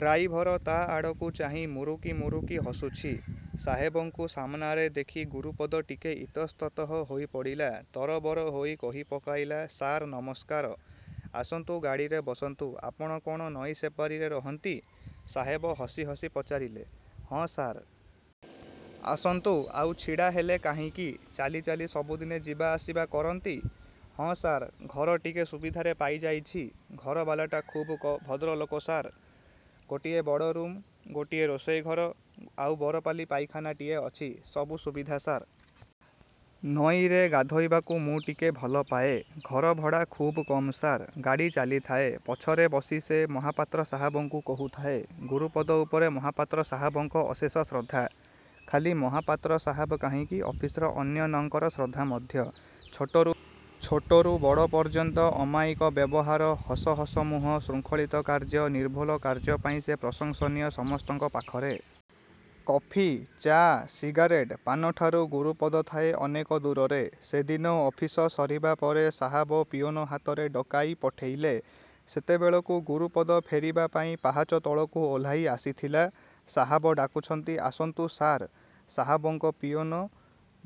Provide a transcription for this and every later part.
Driver ତା' ଆଡ଼କୁ ଚାହିଁ ମୁରୁକି ମୁରୁକି ହସୁଛି। ସାହେବଙ୍କୁ ସାମନାରେ ଦେଖି ଗୁରୁପଦ ଟିକେ ଇତସ୍ତତଃ ହୋଇପଡ଼ିଲା। ତରବର ହୋଇ କହି ପକାଇଲା ''ସାର୍ ନମସ୍କାର''। ଆସନ୍ତୁ ଗାଡ଼ିରେ ବସନ୍ତୁ ଆପଣ କ'ଣ ନଈ ସେପାରିରେ ରହନ୍ତି? ସାହେବ ହସି ହସି ପଚାରିଲେ। ହଁ ସାର୍। ଆସନ୍ତୁ ଆଉ ଛିଡ଼ା ହେଲେ କାହିଁକି। ଚାଲି ଚାଲି ସବୁଦିନେ ଯିବା ଆସିବା କରନ୍ତି? ହଁ ସାର୍, ଘର ଟିକେ ସୁବିଧାରେ ପାଇ ଯାଇଛି। ଘରବାଲାଟା ଖୁବ୍ ଭଦ୍ରଲୋକ ସାର୍! ଗୋଟିଏ ବଡ଼ ରୁମ୍, ଗୋଟିଏ ରୋଷେଇ ଘର, ଆଉ ବରପାଲି ପାଇଖାନାଟିଏ ଅଛି। ସବୁ ସୁବିଧା ସାର୍! ନଈରେ ଗାଧୋଇବାକୁ ମୁଁ ଟିକେ ଭଲପାଏ। ଘରଭଡ଼ା ଖୁବ୍ କମ୍ ସାର୍! ଗାଡ଼ି ଚାଲିଥାଏ। ପଛରେ ବସି ସେ ମହାପାତ୍ର ସାହାବଙ୍କୁ କହୁଥାଏ। ଗୁରୁପଦ ଉପରେ ମହାପାତ୍ର ସାହାବଙ୍କ ଅଶେଷ ଶ୍ରଦ୍ଧା। ଖାଲି ମହାପାତ୍ର ସାହାବ କାହିଁକି ଅଫିସର ଅନ୍ୟାନଙ୍କର ଶ୍ରଦ୍ଧା ମଧ୍ୟ। ଛୋଟରୁ ବଡ଼ ପର୍ଯ୍ୟନ୍ତ, ଅମାୟିକ ବ୍ୟବହାର, ହସ ହସ ମୁହଁ, ଶୃଙ୍ଖଳିତ କାର୍ଯ୍ୟ, ନିର୍ଭୁଲ କାର୍ଯ୍ୟ ପାଇଁ ସେ ପ୍ରଶଂସନୀୟ ସମସ୍ତଙ୍କ ପାଖରେ। କଫି, ଚା, ସିଗାରେଟ୍, ପାନଠାରୁ ଗୁରୁପଦ ଥାଏ ଅନେକ ଦୂରରେ। ସେଦିନ ଅଫିସ ସରିବା ପରେ ସାହାବ ପିଅନ ହାତରେ ଡକାଇ ପଠେଇଲେ। ସେତେବେଳକୁ ଗୁରୁପଦ ଫେରିବା ପାଇଁ ପାହାଚ ତଳକୁ ଓହ୍ଲାଇ ଆସିଥିଲା। ସାହାବ ଡାକୁଛନ୍ତି ଆସନ୍ତୁ ସାର୍! ସାହାବଙ୍କ ପିଅନ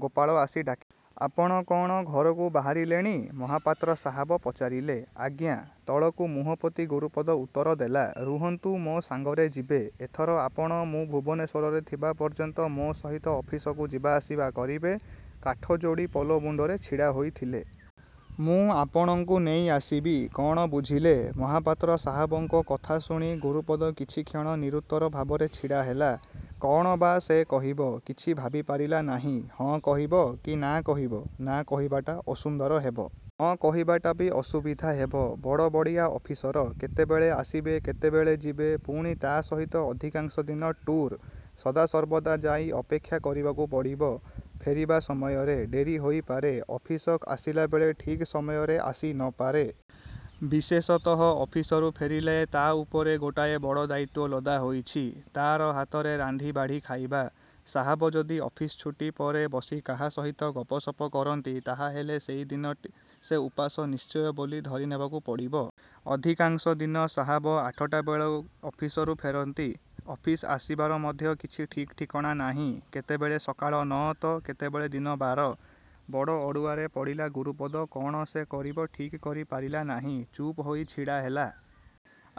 ଗୋପାଳ ଆସି ଡାକିଲା। ଆପଣ କ'ଣ ଘରକୁ ବାହାରିଲେଣି? ମହାପାତ୍ର ସାହାବ ପଚାରିଲେ। ଆଜ୍ଞା। ତଳକୁ ମୁହଁ ପୋତି ଗୁରୁପଦ ଉତ୍ତର ଦେଲା। ରୁହନ୍ତୁ ମୋ ସାଙ୍ଗରେ ଯିବେ। ଏଥର ଆପଣ ମୁଁ ଭୁବନେଶ୍ୱରରେ ଥିବା ପର୍ଯ୍ୟନ୍ତ ମୋ ସହିତ ଅଫିସକୁ ଯିବା ଆସିବା କରିବେ। କାଠଯୋଡ଼ି ପୋଲ ମୁଣ୍ଡରେ ଛିଡ଼ା ହୋଇଥିଲେ। ମୁଁ ଆପଣଙ୍କୁ ନେଇ ଆସିବି କ'ଣ ବୁଝିଲେ? ମହାପାତ୍ର ସାହାବଙ୍କ କଥା ଶୁଣି ଗୁରୁପଦ କିଛିକ୍ଷଣ ନିରୁତ୍ତର ଭାବରେ ଛିଡ଼ା ହେଲା। କ'ଣ ବା ସେ କହିବ; କିଛି ଭାବି ପାରିଲା ନାହିଁ। ହଁ କହିବ କି ନାଁ କହିବ। ନାଁ କହିବାଟା ଅସୁନ୍ଦର ହେବ। ହଁ କହିବାଟା ବି ଅସୁବିଧା ହେବ। ବଡ଼ ବଡ଼ିଆ ଅଫିସର। କେତେବେଳେ ଆସିବେ କେତେବେଳେ ଯିବେ। ପୁଣି ତା' ସହିତ ଅଧିକାଂଶ ଦିନ ଟୁର୍। ସଦାସର୍ବଦା ଯାଇ ଅପେକ୍ଷା କରିବାକୁ ପଡ଼ିବ। ଫେରିବା ସମୟରେ। ଡେରି ହୋଇପାରେ। ଅଫିସ ଆସିଲାବେଳେ ଠିକ୍ ସମୟରେ ଆସି ନ ପାରେ। ବିଶେଷତଃ ଅଫିସରୁ ଫେରିଲେ ତା' ଉପରେ ଗୋଟାଏ ବଡ଼ ଦାୟିତ୍ୱ ଲଦା ହୋଇଛି ତା'ର ହାତରେ ରାନ୍ଧି ବାଢ଼ି ଖାଇବା। ସାହାବ ଯଦି ଅଫିସ ଛୁଟି ପରେ ବସି କାହା ସହିତ ଗପସପ କରନ୍ତି ତାହାହେଲେ ସେଦିନ ସେ ଉପାସ ନିଶ୍ଚୟ ବୋଲି ଧରି ନେବାକୁ ପଡ଼ିବ। ଅଧିକାଂଶ ଦିନ ସାହାବ ଆଠଟାବେଳେ ଅଫିସରୁ ଫେରନ୍ତି। ଅଫିସ ଆସିବାର ମଧ୍ୟ କିଛି ଠିକ୍ ଠିକଣା ନାହିଁ। କେତେବେଳେ ସକାଳ ନଅ ତ କେତେବେଳେ ଦିନ ବାର। ବଡ଼ ଅଡ଼ୁଆରେ ପଡ଼ିଲା ଗୁରୁପଦ କ'ଣ ସେ କରିବ ଠିକ୍ କରି ପାରିଲା ନାହିଁ। ଚୁପ୍ ହୋଇ ଛିଡ଼ା ହେଲା।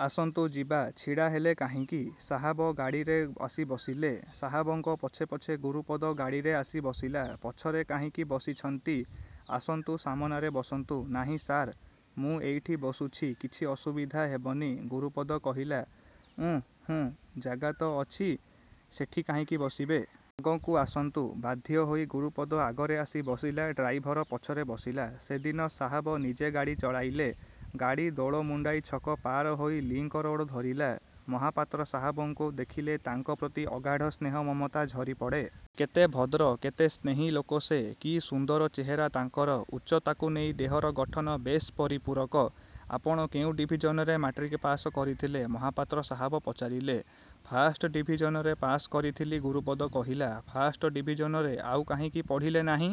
ଆସନ୍ତୁ ଯିବା, ଛିଡ଼ା ହେଲେ କାହିଁକି? ସାହାବ ଗାଡ଼ିରେ ଆସି ବସିଲେ। ସାହାବଙ୍କ ପଛେ ପଛେ ଗୁରୁପଦ ଗାଡ଼ିରେ ଆସି ବସିଲା। ପଛରେ କାହିଁକି ବସିଛନ୍ତି? ଆସନ୍ତୁ ସାମନାରେ ବସନ୍ତୁ। ନାହିଁ ସାର୍। ମୁଁ ଏଇଠି ବସୁଛି କିଛି ଅସୁବିଧା ହେବନି, ଗୁରୁପଦ କହିଲା। ଉଁ ହୁଁ ଜାଗା ତ ଅଛି ସେଠି କାହିଁକି ବସିବେ। ଆଗକୁ ଆସନ୍ତୁ। ବାଧ୍ୟ ହୋଇ ଗୁରୁପଦ ଆଗରେ ଆସି ବସିଲା, ଡ୍ରାଇଭର ପଛରେ ବସିଲା। ସେଦିନ ସାହାବ ନିଜେ ଗାଡ଼ି ଚଳାଇଲେ। ଗାଡ଼ି ଦୋଳମୁଣ୍ଡାଇ ଛକ ପାର ହୋଇ ଲିଙ୍କ ରୋଡ଼ ଧରିଲା। ମହାପାତ୍ର ସାହାବଙ୍କୁ ଦେଖିଲେ ତାଙ୍କ ପ୍ରତି ଅଗାଢ଼ ସ୍ନେହ ମମତା ଝରିପଡ଼େ। କେତେ ଭଦ୍ର କେତେ ସ୍ନେହୀ ଲୋକ ସେ। କି ସୁନ୍ଦର ଚେହେରା ତାଙ୍କର। ଉଚ୍ଚତାକୁ ନେଇ ଦେହର ଗଠନ ବେଶ୍ ପରିପୂରକ। ଆପଣ କେଉଁ ଡିଭିଜନରେ ମାଟ୍ରିକ୍ ପାଶ୍ କରିଥିଲେ? ମହାପାତ୍ର ସାହାବ ପଚାରିଲେ। ଫାଷ୍ଟ ଡିଭିଜନରେ ପାଶ୍ କରିଥିଲି, ଗୁରୁପଦ କହିଲା। ଫାଷ୍ଟ ଡିଭିଜନରେ? ଆଉ କାହିଁକି ପଢ଼ିଲେ ନାହିଁ?